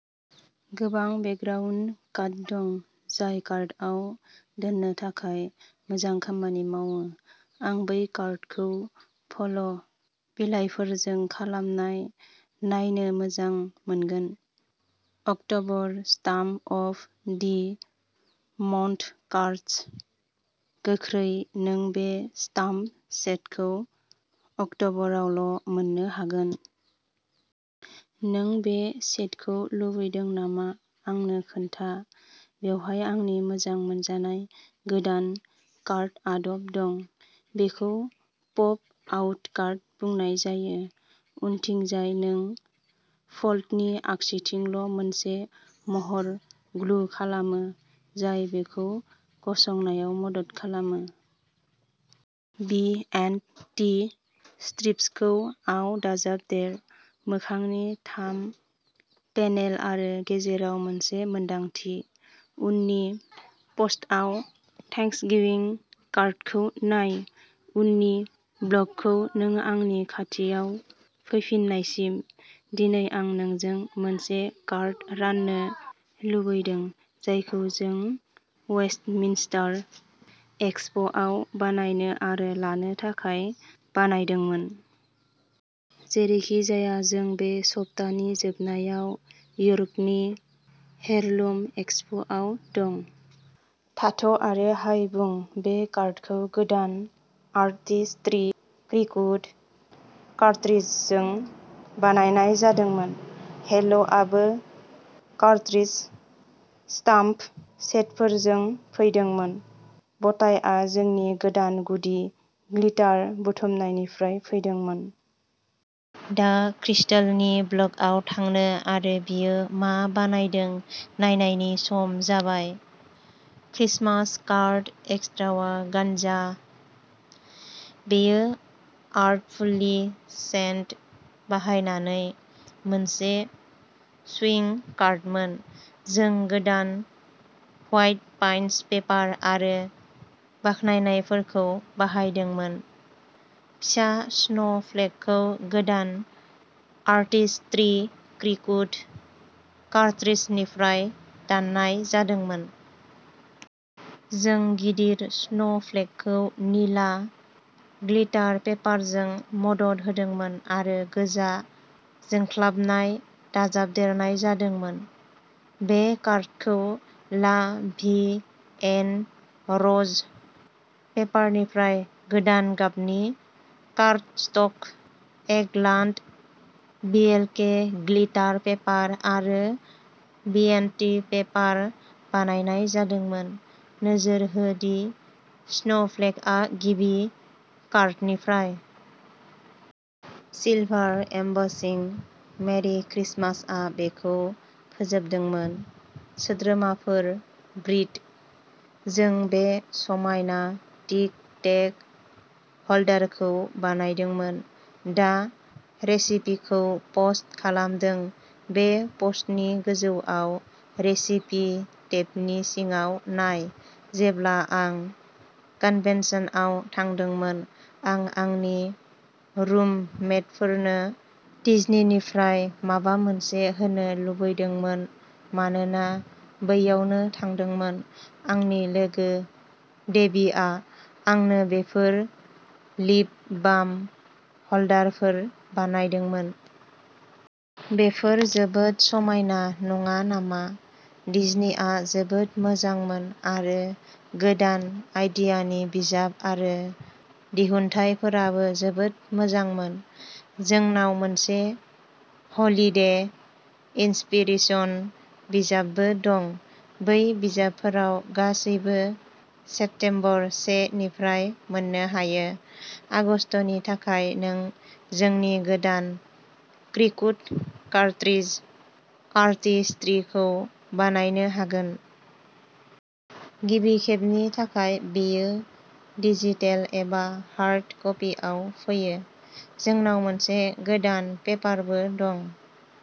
गोबां background cut दं जाय कार्डआव दोननो थाखाय मोजां खामानि मावो। आं बै कार्डखौ फल' बिलाइफोरजों खालामनाय नायनो मोजां मोनगोन। October stamp of the month cards. गोख्रै नों बे स्टाम्प सेटखौ अक्ट'बरावल' मोन्नो हागोन। नों बे सेटखौ लुबैदों नामा आंनो खोन्था। बेवहाय आंनि मोजां मोनजानाय गोदान कार्ड आदब दं। बेखौ पप आउट कार्ड बुंनाय जायो। उनथिंजाय नों फोल्डनि आगसिथिंल' मोनसे महर ग्लु खालामो, जाय बेखौ गसंनायाव मदद खालामो। बि एन्ड टी स्ट्रिप्सखौ आव दाजाबदेर। मोखांनि थाम पेनेल आरो गेजेराव मोनसे मोनदांथि। उननि पस्टआव थेंक्सगिविं कार्डखौ नाय। उननि ब्लगखौ नों आंनि खाथियाव फैफिन्नायसिम। दिनै आं नोंजों मोनसे कार्ड राननो लुबैदों जायखौ जों वेस्टमिन्स्टार एक्सपोआव बानायनो आरो लानो थाखाय बानायदोंमोन। जेरैखिजाया जों बे सप्तानि जोबनायाव यर्कनि हेरलुम एक्सपोआव दं। थाथ' आरो हाय बुं बे कार्डखौ गोदान आर्टिस्ट्रि क्रिकुट कार्ट्रिजजों बानायनाय जादोंमोन। हेल'आबो कार्ट्रिज स्टाम्प सेटफोरजों फैदोंमोन। ब'टाइआ जोंनि गोदान गुदि ग्लिटार बुथुमनायनिफ्राय फैदोंमोन। दा क्रिस्टलनि ब्लगआव थांनो आरो बियो मा बानायदों नायनायनि सम जाबाय। क्रिसमास कार्ड एक्स्ट्रावा गानजा। बेयो आर्टफुल्लि सेन्ट बाहायनानै मोनसे स्विंग कार्डमोन। जों गोदान व्हाइट पाइन्स पेपार आरो बाखनायनायफोरखौ बाहायदोंमोन। फिसा स्नोफ्लेकखौ गोदान आर्टिस्ट्रि क्रिकुट कार्ट्रिजनिफ्राय दाननाय जादोंमोन। जों गिदिर स्नोफ्लेकखौ निला ग्लिटार पेपारजों मदद होदोंमोन आरो गोजा जोंख्लाबनाय दाजाबदेरनाय जादोंमोन। बे कार्डखौ ला भि एन र'ज पेपारनिफ्राय गोदान गाबनि कार्डस्टक एगलान्ट, बिएलके ग्लिटार पेपार आरो बिएन्डटि पेपार बानायनाय जादोंमोन। नोजोर हो दि स्नोफ्लेकआ गिबि कार्डनिफ्राय। सिलभार एमबसिं, मेरि क्रिसमासआ बेखौ फोजोबदोंमोन। सोद्रोमाफोर, ब्रिट। जों बे समायना टिक टेक ह'ल्डारखौ बानायदोंमोन। दा रेसिपिखौ पस्ट खालामदों बे पस्टनि गोजौआव रेसिपि टेबनि सिङाव नाय। जेब्ला आं कन्भेन्सनआव थांदोंमोन, आं आंनि रुममेटफोरनो डिज्नीनिफ्राय माबा मोनसे होनो लुबैदोंमोन मानोना बैयावनो थादोंमोन, आंनि लोगो डेबीआ आंनो बेफोर लिप बाम ह'ल्डारफोर बानायदोंमोन। बेफोर जोबोद समायना नङा नामा? डिज्नीआ जोबोद मोजांमोन आरो गोदान आइडियानि बिजाब आरो दिहुनथायफोराबो जोबोद मोजांमोन। जोंनाव मोनसे हलिडे इन्सपिरेसन बिजाबबो दं। बै बिजाबफोराव गासैबो सेप्टेम्बर से निफ्राय मोननो हायो। आगस्तनि थाखाय नों जोंनि गोदान क्रिकुट कार्ट्रिज आर्टिस्ट्रीखौ बायनो हागोन। गिबि खेबनि थाखाय बेयो डिजिटेल एबा हार्ड कपिआव फैयो। जोंनाव मोनसे गोदान पेपारबो दं।